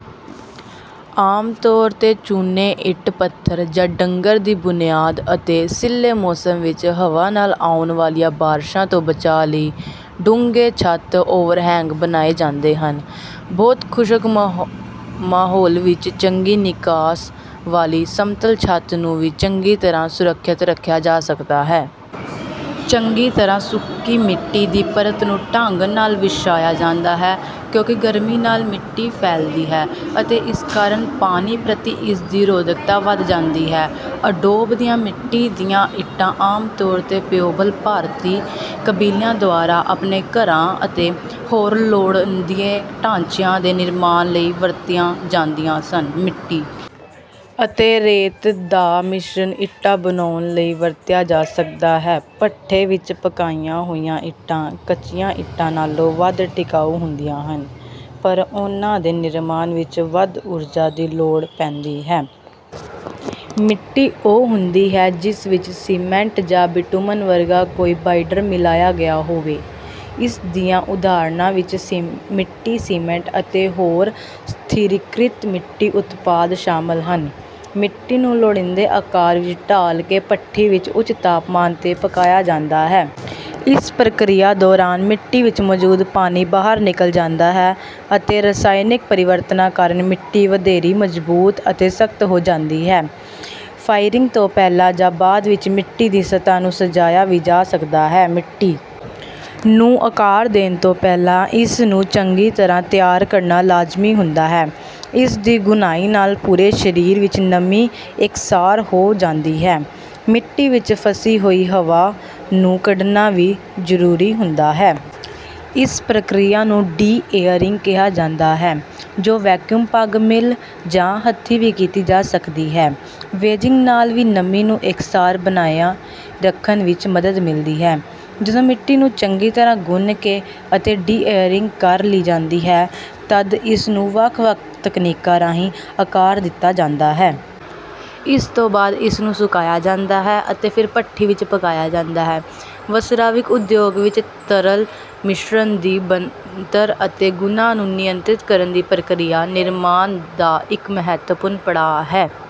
ਆਮ ਤੌਰ ’ਤੇ ਚੂਨੇ, ਇੱਟ, ਪੱਥਰ ਜਾਂ ਡੰਗਰ ਦੀ ਬੁਨਿਆਦ ਅਤੇ ਸਿੱਲ੍ਹੇ ਮੌਸਮ ਵਿੱਚ ਹਵਾ ਨਾਲ ਆਉਣ ਵਾਲੀਆਂ ਬਾਰਸ਼ਾਂ ਤੋਂ ਬਚਾਅ ਲਈ ਡੂੰਘੇ ਛੱਤ-ਓਵਰਹੈਂਗ ਬਣਾਏ ਜਾਂਦੇ ਹਨ। ਬਹੁਤ ਖੁਸ਼ਕ ਮਾਹੌਲ ਵਿੱਚ ਚੰਗੀ ਨਿਕਾਸ ਵਾਲੀ ਸਮਤਲ ਛੱਤ ਨੂੰ ਵੀ ਚੰਗੀ ਤਰ੍ਹਾਂ ਸੁਰੱਖਿਅਤ ਰੱਖਿਆ ਜਾ ਸਕਦਾ ਹੈ। ਚੰਗੀ ਤਰ੍ਹਾਂ ਸੁੱਕੀ ਮਿੱਟੀ ਦੀ ਪਰਤ ਨੂੰ ਢੰਗ ਨਾਲ ਵਿਛਾਇਆ ਜਾਂਦਾ ਹੈ, ਕਿਉਂਕਿ ਗਰਮੀ ਨਾਲ ਮਿੱਟੀ ਫੈਲਦੀ ਹੈ ਅਤੇ ਇਸ ਕਾਰਨ ਪਾਣੀ ਪ੍ਰਤੀ ਇਸ ਦੀ ਰੋਧਕਤਾ ਵਧ ਜਾਂਦੀ ਹੈ ਅਡੋਬ ਦੀਆਂ ਮਿੱਟੀ ਦੀਆਂ ਇੱਟਾਂ ਆਮ ਤੌਰ ’ਤੇ ਪਿਊਬਲੋ ਭਾਰਤੀ ਕਬੀਲਿਆਂ ਦੁਆਰਾ ਆਪਣੇ ਘਰਾਂ ਅਤੇ ਹੋਰ ਲੋੜੀਂਦੇ ਢਾਂਚਿਆਂ ਦੇ ਨਿਰਮਾਣ ਲਈ ਵਰਤੀਆਂ ਜਾਂਦੀਆਂ ਸਨ। ਮਿੱਟੀ ਅਤੇ ਰੇਤ ਦਾ ਮਿਸ਼ਰਣ ਇੱਟਾਂ ਬਣਾਉਣ ਲਈ ਵਰਤਿਆ ਜਾ ਸਕਦਾ ਹੈ। ਭੱਠੇ ਵਿੱਚ ਪਕਾਈਆਂ ਹੋਈਆਂ ਇੱਟਾਂ ਕੱਚੀਆਂ ਇੱਟਾਂ ਨਾਲੋਂ ਵੱਧ ਟਿਕਾਊ ਹੁੰਦੀਆਂ ਹਨ, ਪਰ ਉਨ੍ਹਾਂ ਦੇ ਨਿਰਮਾਣ ਵਿੱਚ ਵੱਧ ਊਰਜਾ ਦੀ ਲੋੜ ਪੈਂਦੀ ਹੈ। ਸਥਿਰੀਕ੍ਰਿਤ ਮਿੱਟੀ ਉਹ ਹੁੰਦੀ ਹੈ ਜਿਸ ਵਿੱਚ ਸੀਮੈਂਟ ਜਾਂ ਬਿਟੂਮਨ ਵਰਗਾ ਕੋਈ ਬਾਈਂਡਰ ਮਿਲਾਇਆ ਗਿਆ ਹੋਵੇ। ਇਸ ਦੀਆਂ ਉਦਾਹਰਨਾਂ ਵਿੱਚ ਮਿੱਟੀ-ਸੀਮੈਂਟ ਅਤੇ ਹੋਰ ਸਥਿਰੀਕ੍ਰਿਤ ਮਿੱਟੀ ਉਤਪਾਦ ਸ਼ਾਮਲ ਹਨ। ਮਿੱਟੀ ਨੂੰ ਲੋੜੀਂਦੇ ਆਕਾਰ ਵਿੱਚ ਢਾਲ ਕੇ ਭੱਠੀ ਵਿੱਚ ਉੱਚ ਤਾਪਮਾਨ ’ਤੇ ਪਕਾਇਆ ਜਾਂਦਾ ਹੈ। ਇਸ ਪ੍ਰਕਿਰਿਆ ਦੌਰਾਨ ਮਿੱਟੀ ਵਿੱਚ ਮੌਜੂਦ ਪਾਣੀ ਬਾਹਰ ਨਿਕਲ ਜਾਂਦਾ ਹੈ ਅਤੇ ਰਸਾਇਣਕ ਪਰਿਵਰਤਨਾਂ ਕਾਰਨ ਮਿੱਟੀ ਵਧੇਰੇ ਮਜ਼ਬੂਤ ਅਤੇ ਸਖ਼ਤ ਹੋ ਜਾਂਦੀ ਹੈ। ਫਾਇਰਿੰਗ ਤੋਂ ਪਹਿਲਾਂ ਜਾਂ ਬਾਅਦ ਵਿੱਚ ਮਿੱਟੀ ਦੀ ਸਤ੍ਹਾ ਨੂੰ ਸਜਾਇਆ ਵੀ ਜਾ ਸਕਦਾ ਹੈ। ਮਿੱਟੀ ਨੂੰ ਆਕਾਰ ਦੇਣ ਤੋਂ ਪਹਿਲਾਂ ਇਸ ਨੂੰ ਚੰਗੀ ਤਰ੍ਹਾਂ ਤਿਆਰ ਕਰਨਾ ਲਾਜ਼ਮੀ ਹੁੰਦਾ ਹੈ। ਇਸ ਦੀ ਗੁੰਨਾਈ ਨਾਲ ਪੂਰੇ ਸਰੀਰ ਵਿੱਚ ਨਮੀ ਇੱਕਸਾਰ ਹੋ ਜਾਂਦੀ ਹੈ। ਮਿੱਟੀ ਵਿੱਚ ਫਸੀ ਹੋਈ ਹਵਾ ਨੂੰ ਕੱਢਣਾ ਵੀ ਜ਼ਰੂਰੀ ਹੁੰਦਾ ਹੈ। ਇਸ ਪ੍ਰਕਿਰਿਆ ਨੂੰ ਡੀ-ਏਅਰਿੰਗ ਕਿਹਾ ਜਾਂਦਾ ਹੈ, ਜੋ ਵੈਕਿਊਮ ਪਗ ਮਿਲ ਜਾਂ ਹੱਥੀਂ ਵੀ ਕੀਤੀ ਜਾ ਸਕਦੀ ਹੈ। ਵੇਜਿੰਗ ਨਾਲ ਵੀ ਨਮੀ ਨੂੰ ਇੱਕਸਾਰ ਬਣਾਈ ਰੱਖਣ ਵਿੱਚ ਮਦਦ ਮਿਲਦੀ ਹੈ। ਜਦੋਂ ਮਿੱਟੀ ਨੂੰ ਚੰਗੀ ਤਰ੍ਹਾਂ ਗੁੰਨ ਕੇ ਅਤੇ ਡੀ-ਏਅਰਿੰਗ ਕਰ ਲਈ ਜਾਂਦੀ ਹੈ, ਤਦ ਇਸ ਨੂੰ ਵੱਖ-ਵੱਖ ਤਕਨੀਕਾਂ ਰਾਹੀਂ ਆਕਾਰ ਦਿੱਤਾ ਜਾਂਦਾ ਹੈ। ਇਸ ਤੋਂ ਬਾਅਦ ਇਸ ਨੂੰ ਸੁਕਾਇਆ ਜਾਂਦਾ ਹੈ ਅਤੇ ਫਿਰ ਭੱਠੀ ਵਿੱਚ ਪਕਾਇਆ ਜਾਂਦਾ ਹੈ ਵਸਰਾਵਿਕ ਉਦਯੋਗ ਵਿੱਚ ਤਰਲ ਮਿਸ਼ਰਣ ਦੀ ਬਣਤਰ ਅਤੇ ਗੁਣਾਂ ਨੂੰ ਨਿਯੰਤਰਿਤ ਕਰਨ ਦੀ ਪ੍ਰਕਿਰਿਆ ਨਿਰਮਾਣ ਦਾ ਇੱਕ ਮਹੱਤਵਪੂਰਨ ਪੜਾਅ ਹੈ।